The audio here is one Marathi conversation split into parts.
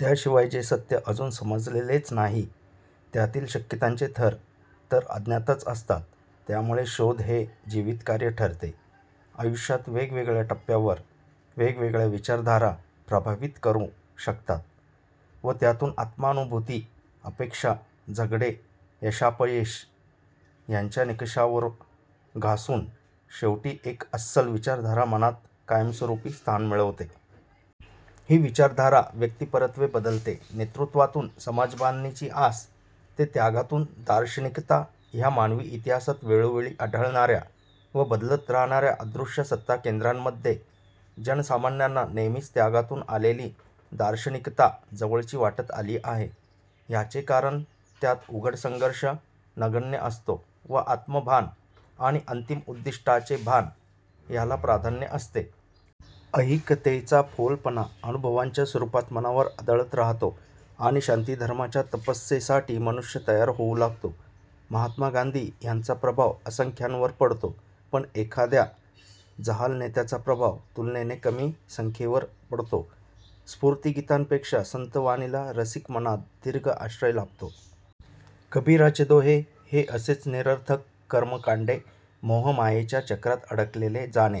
त्याशिवाय जे सत्य अजून समजलेलेच नाही त्यातील शक्यतांचे थर तर अज्ञातच असतात. त्यामुळे शोध हे जीवितकार्य ठरते. आयुष्यात वेगवेगळ्या टप्प्यावर वेगवेगळ्या विचारधारा प्रभावित करू शकतात व त्यातून आत्मानुभुती, अपेक्षा, झगडे, यशापयशे ह्यांच्या निकषावर घासून शेवटी एक अस्सल विचारधारा मनात कायमस्वरुपी स्थान मिळवते. ही विचारधारा व्यक्तीपरत्वे बदलते. नेतृत्वातून समाजबांधणीची आस ते त्यागातून दार्शनिकता ह्या मानवी इतिहासात वेळोवेळी आढळणार्या व बदलत राहणार्या अदृश्य सत्ताकेंद्रांमध्ये जनसामान्यांना नेहमीच त्यागातून आलेली दार्शनिकता जवळची वाटत आली आहे. ह्याचे कारण त्यात उघड संघर्ष नगण्य असतो व आत्मभान आणि अंतिम उद्दिष्टाचे भान ह्याला प्राधान्य असते. ऐहिकतेचा फोलपणा अनुभवांच्या स्वरुपात मनावर आदळत राहतो आणि शांतीधर्माच्या तपस्येसाठी मनुष्य तयार होऊ लागतो. महात्मा गांधी ह्यांचा प्रभाव असंख्यांवर पडतो पण एखाद्या जहाल नेत्याचा प्रभाव तुलनेने कमी संख्येवर पडतो. स्फुर्तीगीतांपेक्षा संतवाणीला रसिकमनात दीर्घ आश्रय लाभतो. कबीराचे दोहे हे असेच निरर्थक कर्मकांडे, मोह-मायेच्या चक्रात अडकले जाणे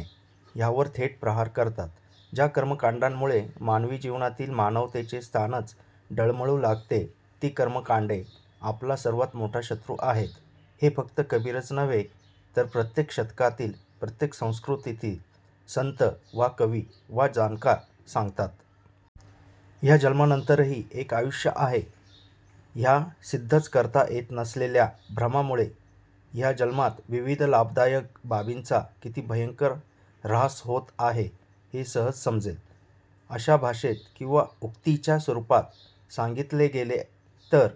ह्यावर थेट प्रहार करतात. ज्या कर्मकांडांमुळे मानवी जीवनातील मानवतेचे स्थानच डळमळू लागते ती कर्मकांडे आपला सर्वात मोठा शत्रू आहेत हे फक्त कबीरच नव्हे तर प्रत्येक शतकातील, प्रत्येक संस्कृतीतील संत वा कवी वा जाणकार सांगतात. ह्या जन्मानंतरही एक आयुष्य आहे ह्या सिद्धच करता येत नसलेल्या भ्रमामुळे ह्या जन्मात विविध लाभदायक बाबींचा किती भयंकर र्हास होत आहे हे सहज समजेल अशा भाषेत किंवा उक्तीच्या स्वरुपात सांगितले गेले तर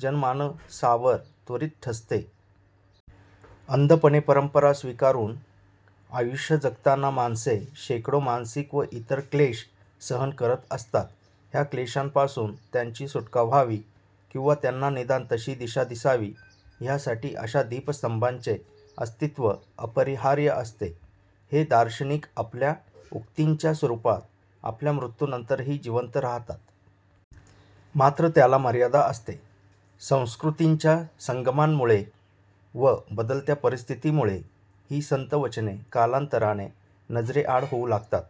जनमानसावर त्वरीत ठसते. अंधपणे परंपरा स्वीकारून आयुष्य जगताना माणसे शेकडो मानसिक व इतर क्लेष सहन करत असतात. ह्या क्लेषांपासून त्यांची सुटका व्हावी किंवा त्यांना निदान तशी दिशा दिसावी ह्यासाठी अशा दीपस्तंभांचे अस्तित्व अपरिहार्य असते. हे दार्शनिक आपल्या उक्तींच्या स्वरुपात आपल्या मृत्यूनंतरही जिवंत राहतात. मात्र त्याला मर्यादा असते. संस्कृतींच्या संगमांमुळे व बदलत्या परिस्थितीमुळे ही संतवचने कालांतराने नजरेआड होऊ लागतात.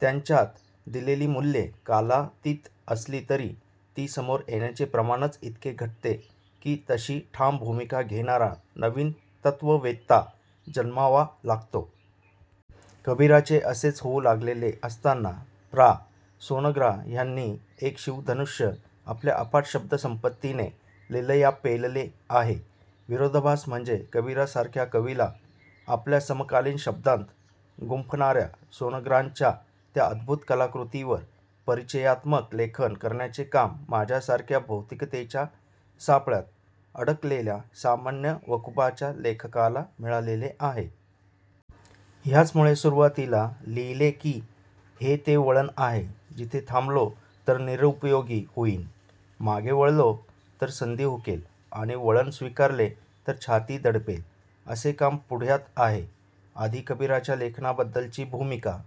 त्यांच्यात दिलेली मूल्ये कालातीत असली तरी ती समोर येण्याचे प्रमाणच इतके घटते की तशी ठाम भूमिका घेणारा नवीन तत्ववेत्ता जन्मावा लागतो. कबीराचे असेच होऊ लागलेले असताना प्रा. सोनग्रा ह्यांनी एक शिवधनुष्य आपल्या अफाट शब्दसंपत्त्तीने लीलया पेलले आहे. विरोधाभास म्हणजे कबीरासारख्या कवीला आपल्या समकालीन शब्दांत गुंफणार्या सोनग्रांच्या त्या अद्भुत कलाकृतीवर परिचयात्मक लेखन करण्याचे काम माझ्यासारख्या भौतिकतेच्या सापळ्यात अडकलेल्या सामान्य वकुबाच्या लेखकाला मिळालेले आहे. ह्याचमुळे सुरुवातीला लिहिले की हे ते वळण आहे जिथे थांबलो तर निरुपयोगी होईन, मागे वळलो तर संधी हुकेल आणि वळण स्वीकारले तर छाती दडपेल असे काम पुढ्यात आहे. आधी कबीराच्या लेखनाबद्दलची भूमिका